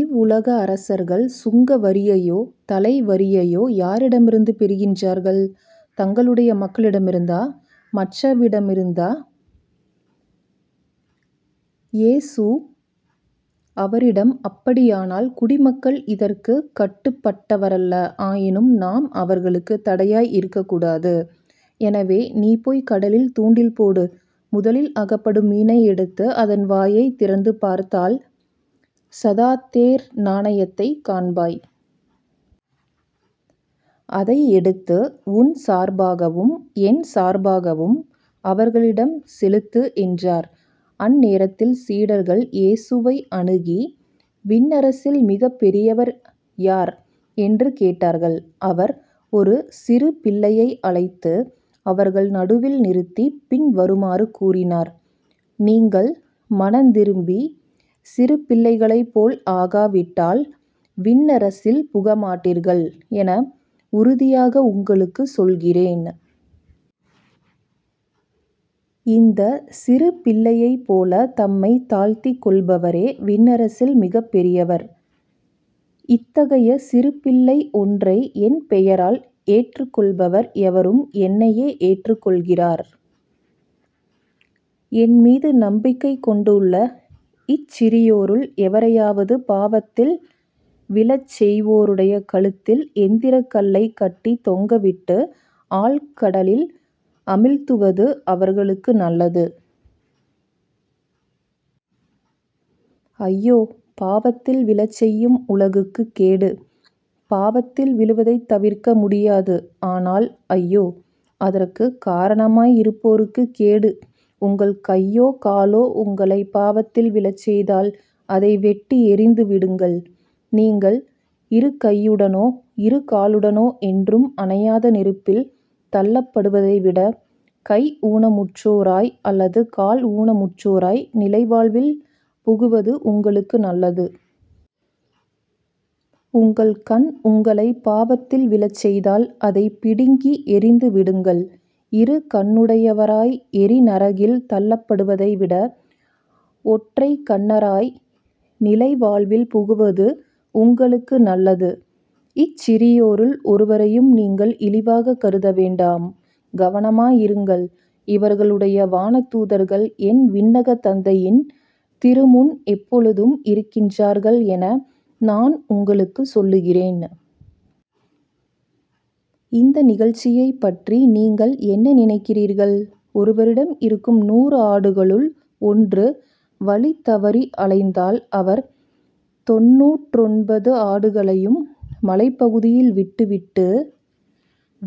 இவ்வுலக அரசர்கள் சுங்க வரியையோ தலைவரியையோ யாரிடமிருந்து பெறுகின்றார்கள்? தங்களுடைய மக்களிடமிருந்தா? மற்றவிடமிருந்தா? இயேசு அவரிடம் அப்படியானால் குடிமக்கள் இதற்குக் கட்டுப்பட்டவரல்ல. ஆயினும் நாம் அவர்களுக்கு தடையாய் இருக்கக் கூடாது. எனவே நீ போய்க் கடலில் தூண்டில் போடு முதலில் அகப்படும் மீனை எடுத்து அதன் வாயைத் திறந்து பார்த்தால் ஸதாத்தேர் நாணயத்தைக் காண்பாய். அதை எடுத்து உன் சார்பாகவும் என் சார்பாகவும் அவர்களிடம் செலுத்து என்றார். அந்நேரத்தில் சீடர்கள் இயேசுவை அணுகி விண்ணரசில் மிகப் பெரியவர் யார்? என்று கேட்டார்கள். அவர் ஒரு சிறு பிள்ளையை அழைத்து அவர்கள் நடுவில் நிறுத்தி பின்வருமாறு கூறினார் நீங்கள் மனந்திரும்பி சிறு பிள்ளைகளைப்போல் ஆகாவிட்டால் விண்ணரசில் புகமாட்டீர்கள் என உறுதியாக உங்களுக்குச் சொல்கிறேன். இந்த சிறு பிள்ளையைப்போல தம்மை தாழ்த்தி கொள்பவரே விண்ணரசில் மிகப் பெரியவர். இத்தகைய சிறு பிள்ளை ஒன்றை என் பெயரால் ஏற்றுக்கொள்பவர் எவரும் என்னையே ஏற்றுக்கொள்கிறார். என்மீது நம்பிக்கை கொண்டுள்ள இச்சிறியோருள் எவரையாவது பாவத்தில் விழச்செய்வோருடைய கழுத்தில் எந்திரக் கல்லைக் கட்டித் தொங்கவிட்டு ஆழ்கடலில் அமிழ்த்துவது அவர்களுக்கு நல்லது. ஐயோ. பாவத்தில் விழச்செய்யும் உலகுக்குக் கேடு. பாவத்தில் விழுவதைத் தவிர்க்க முடியாது. ஆனால் ஐயோ. அதற்குக் காரணமாய் இருப்போருக்குக் கேடு. உங்கள் கையோ காலோ உங்களை பாவத்தில் விழச்செய்தால் அதை வெட்டி எறிந்துவிடுங்கள். நீங்கள் இருகையுடனோ இரு காலுடனோ என்றும் அணையாத நெருப்பில் தள்ளப்படுவதைவிடக் கை ஊனமுற்றோராய் அல்லது கால் ஊனமுற்றோராய் நிலை வாழ்வில் புகுவது உங்களுக்கு நல்லது. உங்கள் கண் உங்களைப்பாவத்தில் விழச்செய்தால் அதைப் பிடுங்கி எறிந்துவிடுங்கள். இரு கண்ணுடையவராய் எரிநரகில் தள்ளப்படுவதைவிட ஒற்றைக்கண்ணராய் நிலை வாழ்வில் புகுவது உங்களுக்கு நல்லது. இச்சிறியோருள் ஒருவரையும் நீங்கள் இழிவாகக் கருதவேண்டாம் கவனமாயிருங்கள். இவர்களுடைய வானதூதர்கள் என் விண்ணகத் தந்தையின் திருமுன் எப்பொழுதும் இருக்கின்றார்கள் என நான் உங்களுக்குச் சொல்லுகிறேன். இந்த நிகழ்ச்சியைப்பற்றி நீங்கள் என்ன நினைக்கிறீர்கள்? ஒருவரிடம் இருக்கும் நூறு ஆடுகளுள் ஒன்று வழி தவறி அலைந்தால் அவர் தொண்ணூற்றொன்பது ஆடுகளையும் மலைப்பகுதியில் விட்டுவிட்டு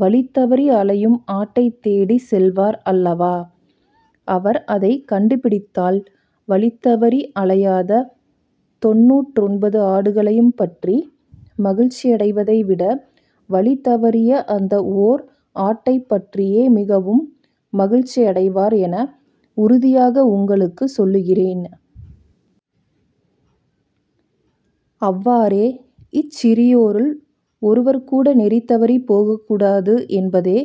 வழிதவறி அலையும் ஆட்டைத் தேடிச் செல்வார் அல்லவா? அவர் அதைக் கண்டுபிடித்தால் வழிதவறி அலையாத தொண்ணூற்றொன்பது ஆடுகளையும் பற்றி மகிழ்ச்சியடைவதைவிட வழி தவறிய அந்த ஓர் ஆட்டைப்பற்றியே மிகவும் மகிழ்ச்சியடைவார் என உறுதியாக உங்களுக்கு சொல்லுகிறேன். அவ்வாறே இச்சிறியோருள் ஒருவர்கூட நெறி தவறிப் போகக்கூடாது என்பதே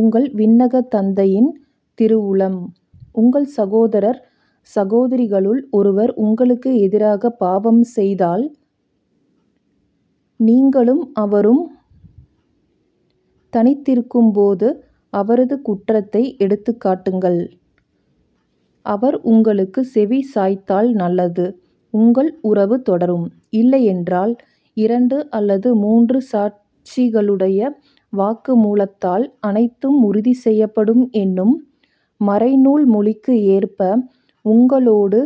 உங்கள் விண்ணகத் தந்தையின் திருவுளம். உங்கள் சகோதரர் சகோதரிகளுள் ஒருவர் உங்களுக்கு எதிராகப் பாவம் செய்தால் நீங்களும் அவரும் தனித்திருக்கும்போது அவரது குற்றத்தை எடுத்துக்காட்டுங்கள். அவர் உங்களுக்கு செவிசாய்த்தால் நல்லது உங்கள் உறவு தொடரும். இல்லையென்றால் இரண்டு அல்லது மூன்று சாட்சிகளுடைய வாக்குமூலத்தால் அனைத்தும் உறுதி செய்யப்படும் என்னும் மறைநூல் மொழிக்கு ஏற்ப உங்களோடு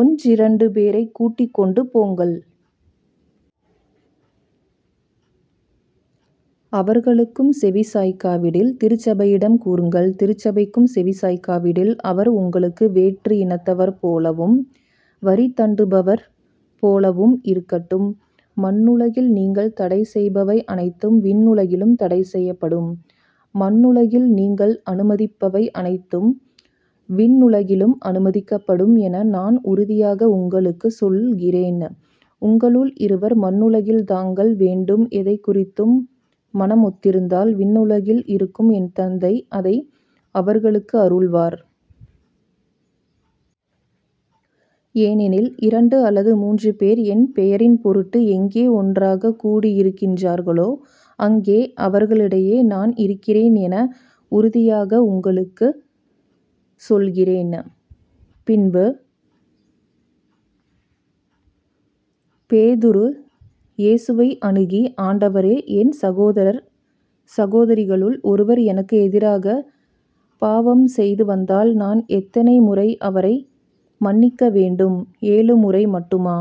ஒன்றிரண்டு பேரைக் கூட்டிக் கொண்டு போங்கள். அவர்களுக்கும் செவிசாய்க்காவிடில் திருச்சபையிடம் கூறுங்கள். திருச்சபைக்கும் செவிசாய்க்காவிடில் அவர் உங்களுக்கு வேற்று இனத்தவர் போலவும் வரிதண்டுபவர் போலவும் இருக்கட்டும். மண்ணுலகில் நீங்கள் தடைசெய்பவை அனைத்தும் விண்ணுலகிலும் தடைசெய்யப்படும் மண்ணுலகில் நீங்கள் அனுமதிப்பவை அனைத்தும் விண்ணுலகிலும் அனுமதிக்கப்படும் என நான் உறுதியாக உங்களுக்கு சொல்கிறேன். உங்களுள் இருவர் மண்ணுலகில் தாங்கள் வேண்டும் எதைக் குறித்தும் மனமொத்திருந்தால் விண்ணுலகில் இருக்கும் என் தந்தை அதை அவர்களுக்கு அருள்வார். ஏனெனில் இரண்டு அல்லது முன்று பேர் என் பெயரின் பொருட்டு எங்கே ஒன்றாகக் கூடியிருக்கின்றார்களோ அங்கே அவர்களிடையே நான் இருக்கிறேன் என உறுதியாக உங்களுக்கு சொல்கிறேன். பின்பு பேதுரு இயேசுவை அணுகி ஆண்டவரே என் சகோதரர் சகோதரிகளுள் ஒருவர் எனக்கு எதிராகப் பாவம் செய்துவந்தால் நான் எத்தனை முறை அவரை மன்னிக்க வேண்டும்? ஏழு முறை மட்டுமா?